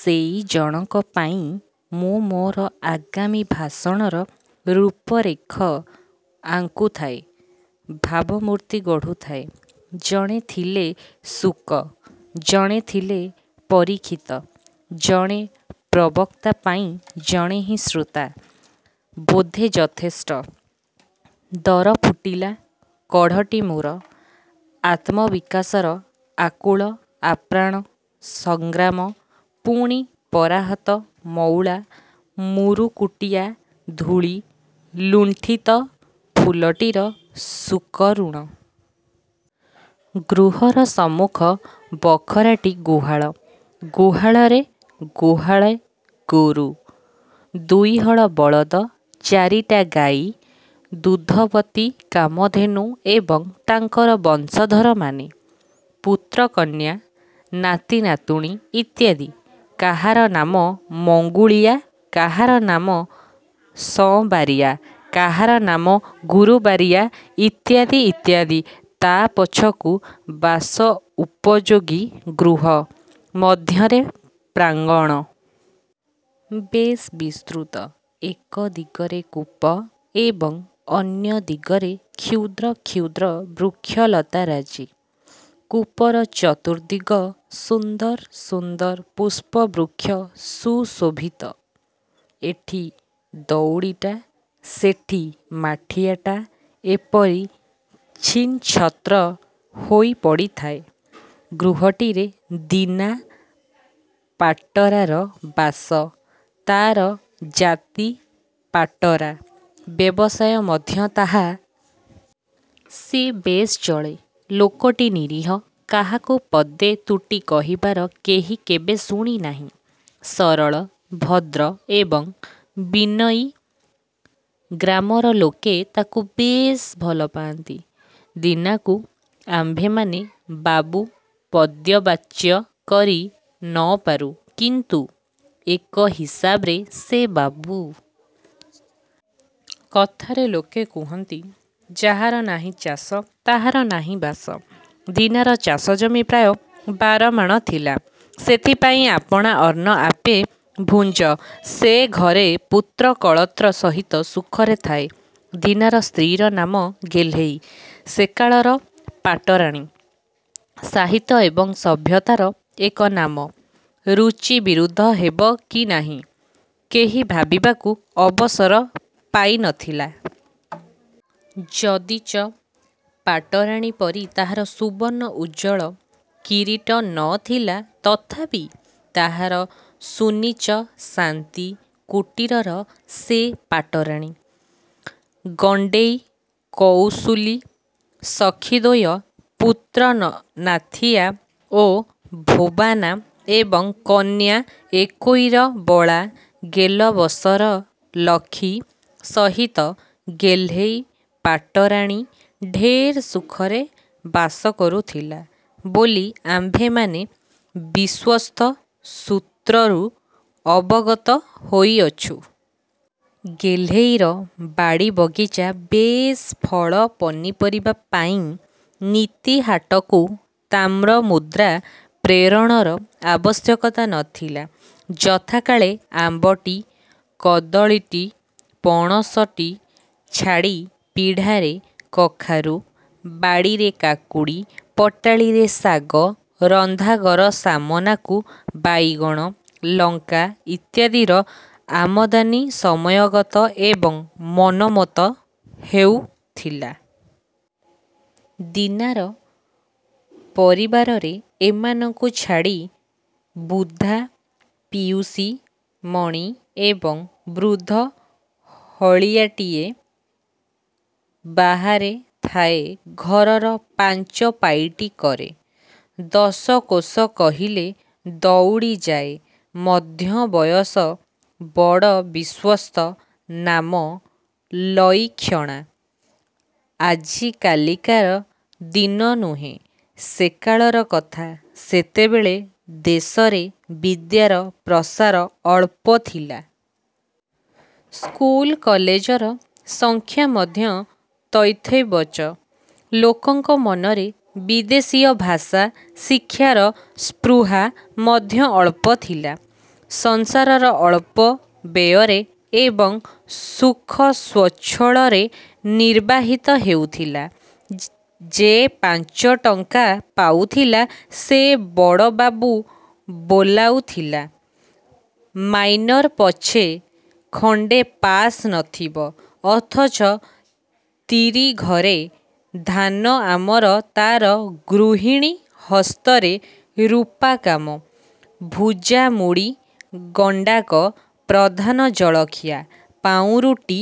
ସେଇ ଜଣକ ପାଇଁ ମୁଁ ମୋର ଆଗାମୀ ଭାଷଣର ରୂପ ରେଖ ଆଙ୍କୁଥାଏ ଭାବ ମୂର୍ତ୍ତି ଗଢ଼ୁଥାଏ। ଜଣେ ଥିଲେ ଶୁକ, ଜଣେ ଥିଲେ ପରୀକ୍ଷିତ। ଜଣେ ପ୍ରବକ୍ତା ପାଇଁ ଜଣେ ହିଁ ଶ୍ରୋତା ବୋଧେ ଯଥେଷ୍ଟ। ଦରଫୁଟିଲା କଢ଼ଟି ମୋର ଆତ୍ମବିକାଶର ଆକୁଳ ଆପ୍ରାଣ ସଂଗ୍ରାମ ପୁଣି ପରାହତ ମଉଳା ମୁରୁକୁଟିଆ ଧୂଳି ଲୁଣ୍ଠିତ ଫୁଲଟିର ସକରୁଣ। ଗୃହର ସମ୍ମୁଖ ବଖରାଟି ଗୁହାଳ। ଗୁହାଳରେ ଗୁହାଳେ ଗୋରୁ। ଦୁଇହଳ ବଳଦ, ଚାରିଟା ଗାଈ, ଦୁଗ୍ଧବତୀ କାମଧେନୁ ଏବଂ ତାଙ୍କର ବଂଶଧର-ମାନେ; ପୁତ୍ର କନ୍ୟା, ନାତି, ନାତୁଣୀ ଇତ୍ୟାଦି। କାହାର ନାମ ମଙ୍ଗୁଳିୟା, କାହାର ନାମ ସଁବାରିଆ, କାହାର ନାମ ଗୁରୁବାରିଆ ଇତ୍ୟାଦି ଇତ୍ୟାଦି। ତା' ପଛକୁ ବାସଉପଯୋଗୀ ଗୃହ, ମଧ୍ୟରେ ପ୍ରାଙ୍ଗଣ। ବେଶ୍ ବିସ୍ତୃତ। ଏକଦିଗରେ କୂପ ଏବଂ ଅନ୍ୟ ଦିଗରେ କ୍ଷୁଦ୍ର କ୍ଷୁଦ୍ର ବୃକ୍ଷଲତାରାଜି। କୂପର ଚତୁର୍ଦ୍ଦିଗ ସୁନ୍ଦର ସୁନ୍ଦର ପୁଷ୍ପବୃକ୍ଷ ସୁଶୋଭିତ। ଏଠି ଦଉଡ଼ିଟା, ସେଠି ମାଠିଆଟା ଏହିପରି ଛିନିଛତ୍ର ହୋଇ ପଡ଼ିଥାଏ। ଗୃହଟିରେ ଦୀନା ପାଟରାର ବାସ। ତା'ର ଜାତି ପାଟରା, ବ୍ୟବସାୟ ମଧ୍ୟ ତାହା। ସେ ବେଶ୍ ଚଳେ। ଲୋକଟି ନିରୀହ। କାହାକୁ ପଦେ ତୁଟି କହିବାର କେହି କେବେ ଶୁଣିନାହିଁ। ସରଳ, ଭଦ୍ର ଏବଂ ବିନୟୀ। ଗ୍ରାମର ଲୋକେ ତା'କୁ ବେଶ୍ ଭଲ ପାଆନ୍ତି। ଦୀନାକୁ ଆମ୍ଭେମାନେ ବାବୁ ପଦବାଚ୍ୟ କରି ନ ପାରୁ; କିନ୍ତୁ ଏକ ହିସାବରେ ସେ ବାବୁ। କଥାରେ ଲୋକେ କୁହନ୍ତି ଯାହାର ନାହିଁ ଚାଷ, ତାହାର ନାହିଁ ବାସ। ଦୀନାର ଚାଷଜମି ପ୍ରାୟ ବାରମାଣ ଥିଲା। ସେଥିପାଇଁ ଆପଣା ଅନ୍ନ ଆପେ ଭୁଞ୍ଜ ସେ ଘରେ ପୁତ୍ରକଳତ୍ର ସହିତ ସୁଖରେ ଥାଏ। ଦୀନାର ସ୍ତ୍ରୀର ନାମ ଗେହ୍ଲେଇ। ସେକାଳର ପାଟରାଣୀ। ସାହିତ୍ୟ ଏବଂ ସଭ୍ୟତାର ଏ ନାମ ରୁଚି ବିରୁଦ୍ଧ ହେବ କି ନାହିଁ, କେହି ଭାବିବାକୁ ଅବସର ପାଇ ନ ଥିଲା। ଯଦିଚ ପାଟରାଣୀ ପରି ତାହାର ସୁବର୍ଣ୍ଣ ଉଜ୍ଜ୍ୱଳ କିରୀଟ ନ ଥିଲା; ତଥାପି ତାହାର 'ସୁନୀଚ' ଶାନ୍ତି-କୁଟୀରର ସେ ପାଟରାଣୀ। ଗଣ୍ଡେଇ, କଉଶୁଲୀ ସଖୀଦ୍ୱୟ, ପୁତ୍ର ନାଥିଆ ଓ ଭୋବନା ଏବଂ କନ୍ୟା ଏକୋଇର ବଳା ଗେଲବସର ଲଖୀ ସହିତ ଗେହ୍ଲେଇ ପାଟରାଣୀ ଢେର୍ ସୁଖରେ ବାସକରୁଥିଲା ବୋଲି ଆମ୍ଭେମାନେ ବିଶ୍ୱସ୍ତସୂତ୍ରରୁ ଅବଗତ ହୋଇଅଛୁ। ଗେହ୍ଲେଇର ବାଡ଼ି ବଗିଚା ବେଶ୍। ଫଳ-ପନିପରିବା ପାଇଁ ନିତି ହାଟକୁ ତାମ୍ରମୁଦ୍ରା ପ୍ରେରଣର ଆବଶ୍ୟକତା ନ ଥିଲା। ଯଥାକାଳେ ଆମ୍ୱଟି, କଦଳୀଟି, ପଣସଟି ଛାଡ଼ି, ପିଢ଼ାରେ କଖାରୁ, ଭାଡ଼ିରେ କାକୁଡ଼ି, ପଟାଳିରେ ଶାଗ, ରନ୍ଧାଘର ସାମନାକୁ ବାଇଗଣ, ଲଙ୍କା ଇତ୍ୟାଦିର ଆମଦାନି ସମୟଗତ ଏବଂ ମନୋମତ ହେଉଥିଲା। ଦୀନାର ପରିବାରରେ ଏମାନଙ୍କୁ ଛାଡ଼ି ବୁଦ୍ଧା ପିଉସୀ ମଣି ଏବଂ ବୃଦ୍ଧ ହଳିଆଟିଏ। ବାହାରେ ଥାଏ, ଘରର ପାଞ୍ଚ ପାଇଟି କରେ, ଦଶକୋଶ କହିଲେ ଦଉଡ଼ିଯାଏ। ମଧ୍ୟବୟସ, ବଡ଼ ବିଶ୍ୱସ୍ତ। ନାମ ଲଇକ୍ଷଣା। ଆଜିକାଲିକାର ଦିନ ନୁହେଁ, ସେକାଳର କଥା। ସେତେବେଳେ ଦେଶରେ ବିଦ୍ୟାର ପ୍ରସାର ଅଳ୍ପ ଥିଲା। ସ୍କୁଲ କଲେଜର ସଂଖ୍ୟା ମଧ୍ୟ ତଥୈବଚ। ଲୋକଙ୍କ ମନରେ ବିଦେଶୀୟ ଭାଷା ଶିକ୍ଷାର ସ୍ପୃହା ମଧ୍ୟ ଅଳ୍ପ ଥିଲା। ସଂସାର ଅଳ୍ପ ବ୍ୟୟରେ ଏବଂ ସୁଖସ୍ୱଚ୍ଛଳରେ ନିର୍ବାହିତ ହେଉଥିଲା। ଯେ ପାଞ୍ଚଟଙ୍କା ପାଉଥିଲା, ସେ ବଡ଼ ବାବୁ ବୋଲାଉଥିଲା। ମାଇନର୍ ପଛେ ଖଣ୍ଡେ ପାଶ୍ ନଥିବ, ଅଥଚ ତରିଘରେ ଧାନ ଅମାର ତା'ର ଗୃହିଣୀ ହସ୍ତରେ ରୂପା କାମ, ଭୁଜାମୁଢ଼ି ଗଣ୍ଡାକ ପ୍ରଧାନ ଜଳଖିଆ। ପାଉଁରୁଟି